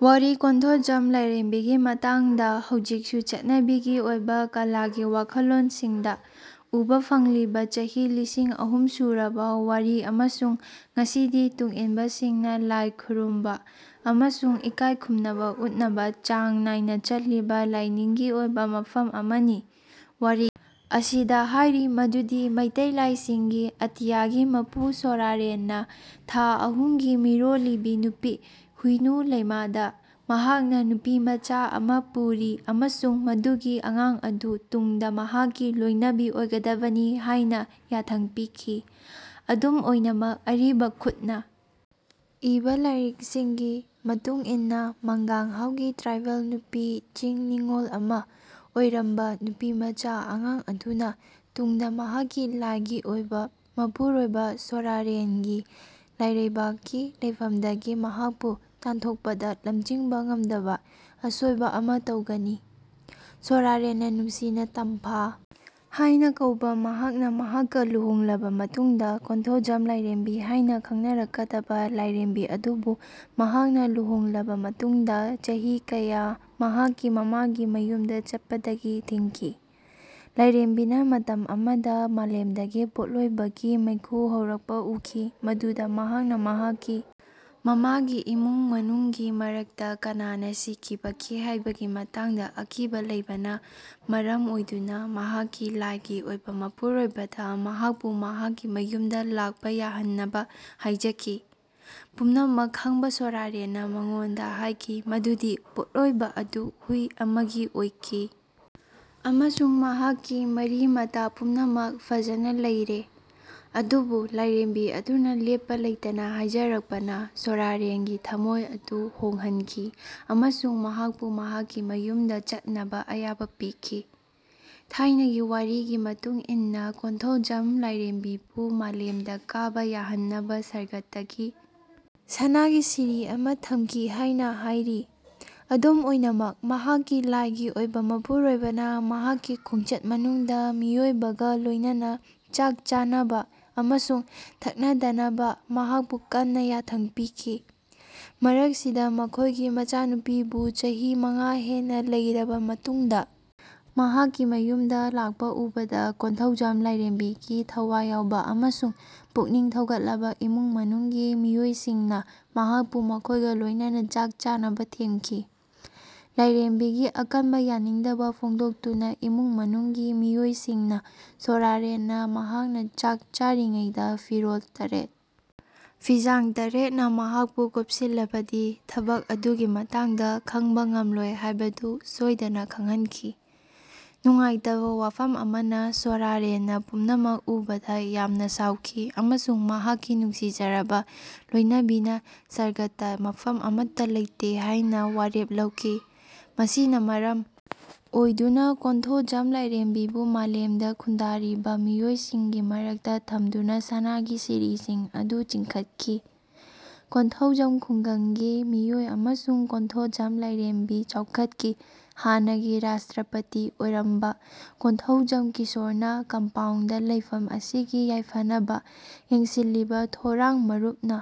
ꯋꯥꯔꯤ ꯀꯣꯟꯊꯣꯖꯝ ꯂꯥꯏꯔꯦꯝꯕꯤꯒꯤ ꯃꯇꯥꯡꯗ ꯍꯧꯖꯤꯛꯁꯨ ꯆꯠꯅꯕꯤꯒꯤ ꯑꯣꯏꯕ ꯀꯂꯥꯒꯤ ꯋꯥꯈꯜꯂꯣꯟꯁꯤꯡꯗ ꯎꯕ ꯐꯪꯂꯤꯕ ꯆꯍꯤ ꯂꯤꯁꯤꯡ ꯑꯍꯨꯝ ꯁꯨꯔꯕ ꯋꯥꯔꯤ ꯑꯃꯁꯨꯡ ꯉꯁꯤꯗꯤ ꯇꯨꯡꯏꯟꯕꯁꯤꯡꯅ ꯂꯥꯏ ꯈꯨꯔꯨꯝꯕ ꯑꯃꯁꯨꯡ ꯏꯀꯥꯏ ꯈꯨꯝꯅꯕ ꯎꯠꯅꯕ ꯆꯥꯡ ꯅꯥꯏꯅ ꯆꯠꯂꯤꯕ ꯂꯥꯏꯅꯤꯡꯒꯤ ꯑꯣꯏꯕ ꯃꯐꯝ ꯑꯃꯅꯤ꯫ ꯋꯥꯔꯤ ꯑꯁꯤꯗ ꯍꯥꯏꯔꯤ ꯃꯗꯨꯗꯤ ꯃꯩꯇꯩ ꯂꯥꯏꯁꯤꯡꯒꯤ ꯑꯇꯤꯌꯥꯒꯤ ꯃꯄꯨ ꯁꯣꯔꯥꯔꯦꯟꯅ ꯊꯥ ꯑꯍꯨꯝꯒꯤ ꯃꯤꯔꯣꯜꯂꯤꯕꯤ ꯅꯨꯄꯤ ꯍꯨꯏꯅꯨ ꯂꯩꯃꯥꯗ ꯃꯍꯥꯛꯅ ꯅꯨꯄꯤꯃꯆꯥ ꯑꯃꯥ ꯄꯨꯔꯤ ꯑꯃꯁꯨꯡ ꯃꯗꯨꯒꯤ ꯑꯉꯥꯡ ꯑꯗꯨ ꯇꯨꯡꯗ ꯃꯍꯥꯛꯀꯤ ꯂꯣꯏꯅꯕꯤ ꯑꯣꯏꯒꯗꯕꯅꯤ ꯍꯥꯏꯅ ꯌꯥꯊꯪ ꯄꯤꯈꯤ꯫ ꯑꯗꯨꯝ ꯑꯣꯏꯅꯃꯛ ꯑꯔꯤꯕ ꯈꯨꯠꯅ ꯏꯕ ꯂꯥꯏꯔꯤꯛꯁꯤꯡꯒꯤ ꯃꯇꯨꯡ ꯏꯟꯅ ꯃꯪꯒꯥꯡ ꯍꯥꯎꯒꯤ ꯇ꯭ꯔꯥꯏꯕꯦꯜ ꯅꯨꯄꯤ ꯆꯤꯡ ꯅꯤꯡꯒꯣꯜ ꯑꯃ ꯑꯣꯏꯔꯝꯕ ꯅꯨꯄꯤꯃꯆꯥ ꯑꯉꯥꯡ ꯑꯗꯨꯅ ꯇꯨꯡꯗ ꯃꯍꯥꯛꯀꯤ ꯂꯥꯏꯒꯤ ꯑꯣꯏꯕ ꯃꯄꯨꯔꯣꯏꯕ ꯁꯣꯔꯥꯔꯦꯟꯒꯤ ꯂꯥꯏꯔꯩꯕꯥꯛꯀꯤ ꯂꯩꯐꯝꯗꯒꯤ ꯃꯍꯥꯛꯄꯨ ꯇꯥꯟꯊꯣꯛꯄꯗ ꯂꯝꯖꯤꯡꯕ ꯉꯝꯗꯕ ꯑꯁꯣꯏꯕ ꯑꯃ ꯇꯧꯒꯅꯤ꯫ ꯁꯣꯔꯥꯔꯦꯟꯅ ꯅꯨꯡꯁꯤꯅ ꯇꯝꯐꯥ ꯍꯥꯏꯅ ꯀꯧꯕ ꯃꯍꯥꯛꯅ ꯃꯍꯥꯛꯀ ꯂꯨꯍꯣꯡꯂꯕ ꯃꯇꯨꯡꯗ ꯀꯣꯟꯊꯣꯖꯝ ꯂꯥꯏꯔꯦꯝꯕꯤ ꯍꯥꯏꯅ ꯈꯪꯅꯔꯛꯀꯗꯕ ꯂꯥꯏꯔꯦꯝꯕꯤ ꯑꯗꯨꯕꯨ ꯃꯍꯥꯛꯅ ꯂꯨꯍꯣꯡꯂꯕ ꯃꯇꯨꯡꯗ ꯆꯍꯤ ꯀꯌꯥ ꯃꯍꯥꯛꯀꯤ ꯃꯃꯥꯒꯤ ꯃꯌꯨꯝꯗ ꯆꯠꯄꯗꯒꯤ ꯊꯤꯡꯈꯤ꯫ ꯂꯥꯏꯔꯦꯝꯕꯤꯅ ꯃꯇꯝ ꯑꯃꯗ ꯃꯥꯂꯦꯝꯗꯒꯤ ꯄꯣꯠꯂꯣꯏꯕꯒꯤ ꯃꯩꯈꯨ ꯍꯧꯔꯛꯄ ꯎꯈꯤ ꯃꯗꯨꯗ ꯃꯍꯥꯛꯅ ꯃꯍꯥꯛꯀꯤ ꯃꯃꯥꯒꯤ ꯏꯃꯨꯡ ꯃꯅꯨꯡꯒꯤ ꯃꯔꯛꯇ ꯀꯅꯥꯅ ꯁꯤꯈꯤꯕꯒꯦ ꯍꯥꯏꯕꯒꯤ ꯃꯇꯥꯡꯗ ꯑꯀꯤꯕ ꯂꯩꯕꯅ ꯃꯔꯝ ꯑꯣꯏꯗꯨꯅ ꯃꯍꯥꯛꯀꯤ ꯂꯥꯏꯒꯤ ꯑꯣꯏꯕ ꯃꯄꯨꯔꯣꯏꯕꯗ ꯃꯍꯥꯛꯄꯨ ꯃꯍꯥꯛꯀꯤ ꯃꯌꯨꯝꯗ ꯂꯥꯛꯄ ꯌꯥꯍꯟꯅꯕ ꯍꯥꯏꯖꯈꯤ꯫ ꯄꯨꯝꯅꯃꯛ ꯈꯪꯕ ꯁꯣꯔꯥꯔꯦꯟꯅ ꯃꯉꯣꯟꯗ ꯍꯥꯏꯈꯤ ꯃꯗꯨꯗꯤ ꯄꯣꯠꯂꯣꯏꯕ ꯑꯗꯨ ꯍꯨꯏ ꯑꯃꯒꯤ ꯑꯣꯏꯈꯤ ꯑꯃꯁꯨꯡ ꯃꯍꯥꯛꯀꯤ ꯃꯔꯤ-ꯃꯇꯥ ꯄꯨꯝꯅꯃꯛ ꯐꯖꯅ ꯂꯩꯔꯦ꯫ ꯑꯗꯨꯕꯨ ꯂꯥꯏꯔꯦꯝꯕꯤ ꯑꯗꯨꯅ ꯂꯦꯞꯄ ꯂꯩꯇꯅ ꯍꯥꯏꯖꯔꯛꯄꯅ ꯁꯣꯔꯥꯔꯦꯟꯒꯤ ꯊꯃꯣꯏ ꯑꯗꯨ ꯍꯣꯡꯍꯟꯈꯤ ꯑꯃꯁꯨꯡ ꯃꯍꯥꯛꯄꯨ ꯃꯍꯥꯛꯀꯤ ꯃꯌꯨꯝꯗ ꯆꯠꯅꯕ ꯑꯌꯥꯕ ꯄꯤꯈꯤ꯫ ꯊꯥꯏꯅꯒꯤ ꯋꯥꯔꯤꯒꯤ ꯃꯇꯨꯡ ꯏꯟꯅ ꯀꯣꯟꯊꯣꯖꯝ ꯂꯥꯏꯔꯦꯝꯕꯤꯕꯨ ꯃꯥꯂꯦꯝꯗ ꯀꯥꯕ ꯌꯥꯍꯟꯅꯕ ꯁꯔꯒꯇꯒꯤ ꯁꯅꯥꯒꯤ ꯁꯤꯔꯤ ꯑꯃ ꯊꯝꯈꯤ ꯍꯥꯏꯅ ꯍꯥꯏꯔꯤ꯫ ꯑꯗꯨꯝ ꯑꯣꯏꯅꯃꯛ ꯃꯍꯥꯛꯀꯤ ꯂꯥꯏꯒꯤ ꯑꯣꯏꯕ ꯃꯄꯨꯔꯣꯏꯕꯅ ꯃꯍꯥꯛꯀꯤ ꯈꯣꯡꯆꯠ ꯃꯅꯨꯡꯗ ꯃꯤꯑꯣꯏꯕꯒ ꯂꯣꯏꯅꯅ ꯆꯥꯛ ꯆꯥꯅꯕ ꯑꯃꯁꯨꯡ ꯊꯛꯅꯗꯅꯕ ꯃꯍꯥꯛꯄꯨ ꯀꯟꯅ ꯌꯥꯊꯪ ꯄꯤꯈꯤ꯫ ꯃꯔꯛꯁꯤꯗ ꯃꯈꯣꯏꯒꯤ ꯃꯆꯥꯅꯨꯄꯤꯕꯨ ꯆꯍꯤ ꯃꯉꯥ ꯍꯦꯟꯅ ꯂꯩꯔꯕ ꯃꯇꯨꯡꯗ ꯃꯍꯥꯛꯀꯤ ꯃꯌꯨꯝꯗ ꯂꯥꯛꯄ ꯎꯕꯗ ꯀꯣꯟꯊꯧꯖꯝ ꯂꯥꯏꯔꯦꯝꯕꯤꯒꯤ ꯊꯋꯥꯏ ꯌꯥꯎꯕ ꯑꯃꯁꯨꯡ ꯄꯨꯛꯅꯤꯡ ꯊꯧꯒꯠꯂꯕ ꯏꯃꯨꯡ ꯃꯅꯨꯡꯒꯤ ꯃꯤꯑꯣꯏꯁꯤꯡꯅ ꯃꯍꯥꯛꯄꯨ ꯃꯈꯣꯏꯒ ꯂꯣꯏꯅꯅ ꯆꯥꯛ ꯆꯥꯅꯕ ꯊꯦꯝꯈꯤ꯫ ꯂꯥꯏꯔꯦꯝꯕꯤꯒꯤ ꯑꯀꯟꯕ ꯌꯥꯅꯤꯡꯗꯕ ꯐꯣꯡꯗꯣꯛꯇꯨꯅ ꯏꯃꯨꯡ ꯃꯅꯨꯡꯒꯤ ꯃꯤꯑꯣꯏꯁꯤꯡꯅ ꯁꯣꯔꯥꯔꯦꯟꯅ ꯃꯍꯥꯛꯅ ꯆꯥꯛ ꯆꯥꯔꯤꯉꯩꯗ ꯐꯤꯔꯣꯜ ꯇꯔꯦꯠ ꯐꯤꯖꯥꯡ ꯇꯥꯔꯦꯠꯅ ꯃꯍꯥꯛꯄꯨ ꯀꯨꯞꯁꯤꯜꯂꯕꯗꯤ ꯊꯕꯛ ꯑꯗꯨꯒꯤ ꯃꯇꯥꯡꯗ ꯈꯪꯕ ꯉꯝꯂꯣꯏ ꯍꯥꯏꯕꯗꯨ ꯁꯣꯏꯗꯅ ꯈꯪꯍꯟꯈꯤ꯫ ꯅꯨꯡꯉꯥꯏꯇꯕ ꯋꯥꯐꯝ ꯑꯃꯅ ꯁꯣꯔꯥꯔꯦꯟꯅ ꯄꯨꯝꯅꯃꯛ ꯎꯕꯗ ꯌꯥꯝꯅ ꯁꯥꯎꯈꯤ ꯑꯃꯁꯨꯡ ꯃꯍꯥꯛꯀꯤ ꯅꯨꯡꯁꯤꯖꯔꯕ ꯂꯣꯏꯅꯕꯤꯅ ꯁꯔꯒꯇ ꯃꯐꯝ ꯑꯃꯠꯇ ꯂꯩꯇꯦ ꯍꯥꯏꯅ ꯋꯥꯔꯦꯞ ꯂꯧꯈꯤ꯫ ꯃꯁꯤꯅ ꯃꯔꯝ ꯑꯣꯏꯗꯨꯅ ꯀꯣꯟꯊꯣꯖꯝ ꯂꯥꯏꯔꯦꯝꯕꯤꯕꯨ ꯃꯥꯂꯦꯝꯗ ꯈꯨꯟꯗꯥꯔꯤꯕ ꯃꯤꯑꯣꯏꯁꯤꯡꯒꯤ ꯃꯔꯛꯇ ꯊꯝꯗꯨꯅ ꯁꯅꯥꯒꯤ ꯁꯤꯔꯤꯁꯤꯡ ꯑꯗꯨ ꯆꯤꯡꯈꯠꯈꯤ꯫ ꯀꯣꯟꯊꯧꯖꯝ ꯈꯨꯡꯒꯪꯒꯤ ꯃꯤꯑꯣꯏ ꯑꯃꯁꯨꯡ ꯀꯣꯟꯊꯣꯖꯝ ꯂꯥꯏꯔꯦꯝꯕꯤ ꯆꯥꯎꯈꯠꯀꯤ ꯍꯥꯟꯅꯒꯤ ꯔꯥꯁꯇ꯭ꯔꯄꯇꯤ ꯑꯣꯏꯔꯝꯕ ꯀꯣꯟꯊꯧꯖꯝ ꯀꯤꯁꯣꯔꯅ ꯀꯝꯄꯥꯎꯟꯗ ꯂꯩꯐꯝ ꯑꯁꯤꯒꯤ ꯌꯥꯏꯐꯅꯕ ꯌꯦꯡꯁꯤꯜꯂꯤꯕ ꯊꯣꯔꯥꯡ ꯃꯥꯔꯨꯞꯅ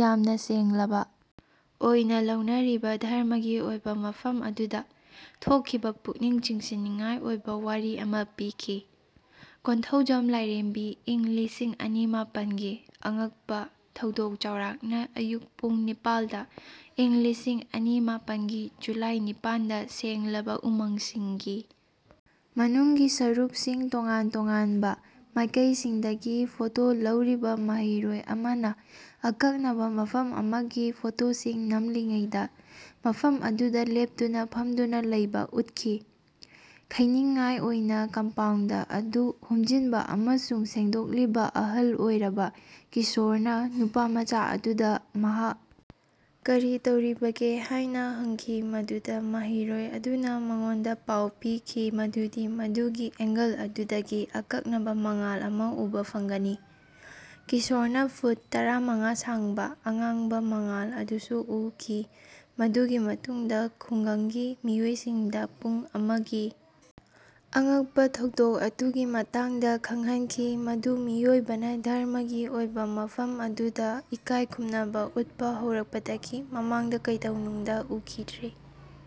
ꯌꯥꯝꯅ ꯁꯦꯡꯂꯕ ꯑꯣꯏꯅ ꯂꯧꯅꯔꯤꯕ ꯙꯔꯃꯒꯤ ꯑꯣꯏꯕ ꯃꯐꯝ ꯑꯗꯨꯗ ꯊꯣꯛꯈꯤꯕ ꯄꯨꯛꯅꯤꯡ ꯆꯤꯡꯁꯤꯟꯅꯤꯡꯉꯥꯏ ꯑꯣꯏꯕ ꯋꯥꯔꯤ ꯑꯃ ꯄꯤꯈꯤ꯫ ꯀꯣꯟꯊꯧꯖꯝ ꯂꯥꯏꯔꯦꯝꯕꯤ ꯏꯪ ꯂꯤꯁꯤꯡ ꯑꯅꯤ ꯃꯥꯄꯟꯒꯤ ꯑꯉꯛꯄ ꯊꯧꯗꯣꯛ ꯆꯥꯎꯔꯥꯛꯅ ꯑꯌꯨꯛ ꯄꯨꯡ ꯅꯤꯄꯥꯜꯗ ꯏꯪ ꯂꯤꯁꯤꯡ ꯑꯅꯤ ꯃꯥꯄꯟꯒꯤ ꯖꯨꯂꯥꯏ ꯅꯤꯄꯥꯟꯗ ꯁꯦꯡꯂꯕ ꯎꯃꯪꯁꯤꯡꯒꯤ ꯃꯅꯨꯡꯒꯤ ꯁꯔꯨꯛꯁꯤꯡ ꯇꯣꯉꯥꯟ ꯇꯣꯉꯥꯟꯕ ꯃꯥꯏꯀꯩꯁꯤꯡꯗꯒꯤ ꯐꯣꯇꯣ ꯂꯧꯔꯤꯕ ꯃꯍꯩꯔꯣꯏ ꯑꯃꯅ ꯑꯀꯛꯅꯕ ꯃꯐꯝ ꯑꯃꯒꯤ ꯐꯣꯇꯣꯁꯤꯡ ꯅꯝꯂꯤꯉꯩꯗ ꯃꯐꯝ ꯑꯗꯨꯗ ꯂꯦꯞꯇꯨꯅ ꯐꯝꯗꯨꯅ ꯂꯩꯕ ꯎꯠꯈꯤ꯫ ꯈꯩꯅꯤꯡꯉꯥꯏ ꯑꯣꯏꯅ ꯀꯝꯄꯥꯎꯟꯗ ꯑꯗꯨ ꯍꯨꯝꯖꯤꯟꯕ ꯑꯃꯁꯨꯡ ꯁꯦꯡꯗꯣꯛꯂꯤꯕ ꯑꯍꯜ ꯑꯣꯏꯔꯕ ꯀꯤꯁꯣꯔꯅ ꯅꯨꯄꯥꯃꯆꯥ ꯑꯗꯨꯗ ꯃꯍꯥꯛ ꯀꯔꯤ ꯇꯧꯔꯤꯕꯒꯦ ꯍꯥꯏꯅ ꯍꯪꯈꯤ ꯃꯗꯨꯗ ꯃꯍꯩꯔꯣꯏ ꯑꯗꯨꯅ ꯃꯉꯣꯟꯗ ꯄꯥꯎ ꯄꯤꯈꯤ ꯃꯗꯨꯗꯤ ꯃꯗꯨꯒꯤ ꯑꯦꯡꯒꯜ ꯑꯗꯨꯗꯒꯤ ꯑꯀꯛꯅꯕ ꯃꯉꯥꯜ ꯑꯃ ꯎꯕ ꯐꯪꯒꯅꯤ꯫ ꯀꯤꯁꯣꯔꯅ ꯐꯨꯠ ꯇꯔꯥꯃꯉꯥ ꯁꯥꯡꯕ ꯑꯉꯥꯡꯕ ꯃꯉꯥꯜ ꯑꯗꯨꯁꯨ ꯎꯈꯤ ꯃꯗꯨꯒꯤ ꯃꯇꯨꯡꯗ ꯈꯨꯡꯒꯪꯒꯤ ꯃꯤꯑꯣꯏꯁꯤꯡꯗ ꯄꯨꯡ ꯑꯃꯒꯤ ꯑꯉꯛꯄ ꯊꯧꯗꯣꯛ ꯑꯗꯨꯒꯤ ꯃꯇꯥꯡꯗ ꯈꯪꯍꯟꯈꯤ ꯃꯗꯨ ꯃꯤꯑꯣꯏꯕꯅ ꯙꯔꯃꯒꯤ ꯑꯣꯏꯕ ꯃꯐꯝ ꯑꯗꯨꯗ ꯏꯀꯥꯏ ꯈꯨꯝꯅꯕ ꯎꯠꯄ ꯍꯧꯔꯛꯄꯗꯒꯤ ꯃꯃꯥꯡꯗ ꯀꯩꯗꯧꯅꯨꯡꯗ ꯎꯈꯤꯗ꯭ꯔꯤ꯫